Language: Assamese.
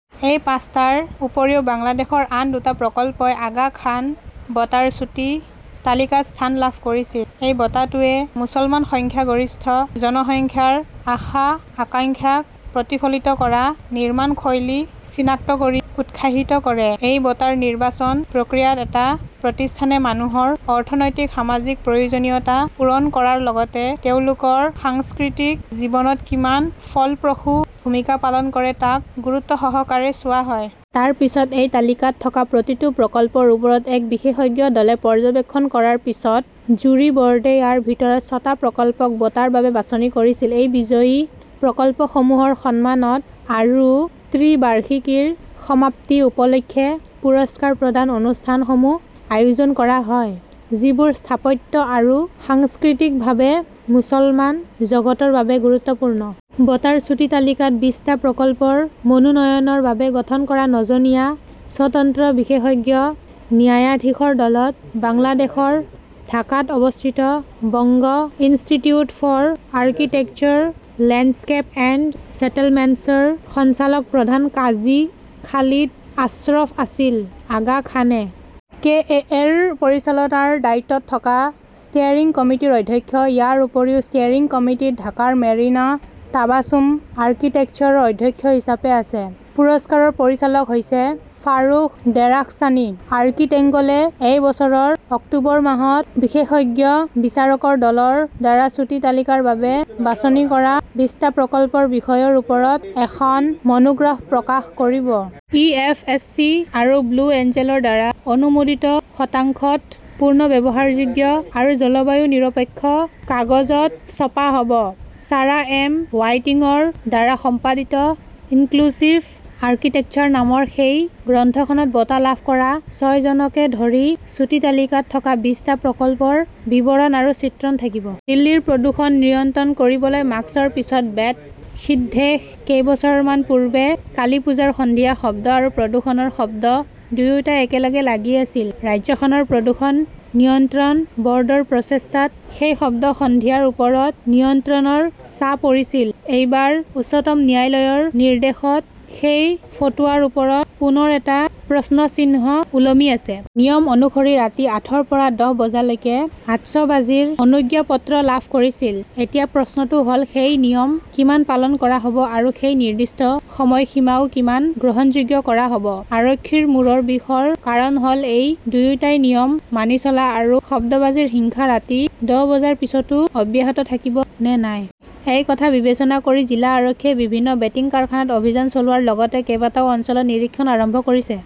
সেই পাঁচটাৰ উপৰিও বাংলাদেশৰ আন দুটা প্ৰকল্পই আগা খান বঁটাৰ চুটি তালিকাত স্থান লাভ কৰিছিল। এই বঁটাটোৱে মুছলমান সংখ্যাগৰিষ্ঠ জনসংখ্যাৰ আশা-আকাংক্ষাক প্ৰতিফলিত কৰা নিৰ্মাণ শৈলী চিনাক্ত কৰি উৎসাহিত কৰে। এই বঁটাৰ নিৰ্বাচন প্ৰক্ৰিয়াত এটা প্ৰতিষ্ঠানে মানুহৰ অৰ্থনৈতিক-সামাজিক প্ৰয়োজনীয়তা পূৰণ কৰাৰ লগতে তেওঁলোকৰ সাংস্কৃতিক জীৱনত কিমান ফলপ্ৰসূ ভূমিকা পালন কৰে তাক গুৰুত্বসহকাৰে চোৱা হয়। তাৰ পিছত এই তালিকাত থকা প্ৰতিটো প্ৰকল্পৰ ওপৰত এক বিশেষজ্ঞ দলে পৰ্যবেক্ষণ কৰাৰ পিছত জ্যুৰী বৰ্ডে ইয়াৰ ভিতৰত ছটা প্ৰকল্পক বঁটাৰ বাবে বাছনি কৰিছিল। এই বিজয়ী প্ৰকল্পসমূহৰ সন্মানত আৰু ত্ৰিবাৰ্ষিকীৰ সমাপ্তি উপলক্ষে পুৰস্কাৰ প্ৰদান অনুষ্ঠানসমূহ আয়োজন কৰা হয়, যিবোৰ স্থাপত্য আৰু সাংস্কৃতিকভাৱে মুছলমান জগতৰ বাবে গুৰুত্বপূৰ্ণ। বঁটাৰ চুটি তালিকাত বিশটা প্ৰকল্পৰ মনোনয়নৰ বাবে গঠন কৰা ন'জনীয়া স্বতন্ত্ৰ বিশেষজ্ঞ ন্যায়াধীশৰ দলত বাংলাদেশৰ ঢাকাত অৱস্থিত Banga institute for architecture landscape and ছেটেলমেণ্টছৰ সঞ্চালক প্ৰধান কাজী খালিদ আশ্ৰফ আছিল। আগা খান এ. কে. এ. এ. -ৰ পৰিচালনাৰ দায়িত্বত থকা ষ্টেয়াৰিং কমিটিৰ অধ্যক্ষ। ইয়াৰ উপৰিও ষ্টেয়াৰিং কমিটীত ঢাকাৰ মেৰিনা টাবাছুম আৰ্কিটেক্টছৰ অধ্যক্ষ হিচাপে আছে। পুৰস্কাৰৰ পৰিচালক হৈছে ফাৰুখ দেৰাখছানী। আৰ্কিটেংগলে এই বছৰৰ অক্টোবৰ মাহত বিশেষজ্ঞ বিচাৰকৰ দলৰ দ্বাৰা চুটি তালিকাৰ বাবে বাছনি কৰা বিশটা প্ৰকল্পৰ বিষয়ৰ ওপৰত এখন মনোগ্ৰাফ প্ৰকাশ কৰিব। ই এফএছচি আৰু ব্লু এঞ্জেলৰ দ্বাৰা অনুমোদিত শতাংশত পুনৰ্ব্যৱহাৰযোগ্য আৰু জলবায়ু নিৰপেক্ষ কাগজত ছপা হ 'ব। ছাৰা এম. হোৱাইটিংৰ দ্বাৰা সম্পাদিত 'ইনক্লুচিভ আৰ্কিটেক্সাৰ "নামৰ সেই গ্ৰন্থখনত বঁটা লাভ কৰা ছয়জনকে ধৰি চুটি তালিকাত থকা বিশটা প্ৰকল্পৰ বিৱৰণ আৰু চিত্ৰণ থাকিব। দিল্লীৰ প্ৰদূষণ নিয়ন্ত্ৰণ কৰিবলৈ মাস্কৰ পিছত বেট সিদ্ধেশ কেইবছৰমান পূৰ্বে কালী পূজাৰ সন্ধিয়া শব্দ আৰু প্ৰদূষণৰ শব্দ দুয়োটাই একেলগে লাগি আছিল। ৰাজ্যখনৰ প্ৰদূষণ নিয়ন্ত্ৰণ বৰ্ডৰ প্ৰচেষ্টাত সেই শব্দ-সন্ধিয়াৰ ওপৰত নিয়ন্ত্ৰণৰ ছাঁ পৰিছিল। এইবাৰ উচ্চতম ন্যায়ালয়ৰ নিৰ্দেশত সেই ফতোৱাৰ ওপৰত পুনৰ এটা প্ৰশ্নচিহ্ন ওলমি আছে। নিয়ম অনুসৰি ৰাতি আঠৰ পৰা দহ বজালৈকে আতচবাজিৰ অনুজ্ঞাপত্ৰ লাভ কৰিছিল। এতিয়া প্ৰশ্নটো হ 'ল, সেই নিয়ম কিমান পালন কৰা হ'ব আৰু সেই নিৰ্দিষ্ট সময়সীমাও কিমান গ্ৰহণযোগ্য কৰা হ 'ব? আৰক্ষীৰ মূৰৰ বিষৰ কাৰণ হ'ল এই দুয়োটাই নিয়ম মানি চলা আৰু শব্দবাজিৰ হিংসা ৰাতি দহ বজাৰ পিছতো অব্যাহত থাকিব নে নাই। এই কথা বিবেচনা কৰি জিলা আৰক্ষীয়ে বিভিন্ন বেটিং কাৰখানাত অভিযান চলোৱাৰ লগতে কেইবাটাও অঞ্চলত নিৰীক্ষণ আৰম্ভ কৰিছে।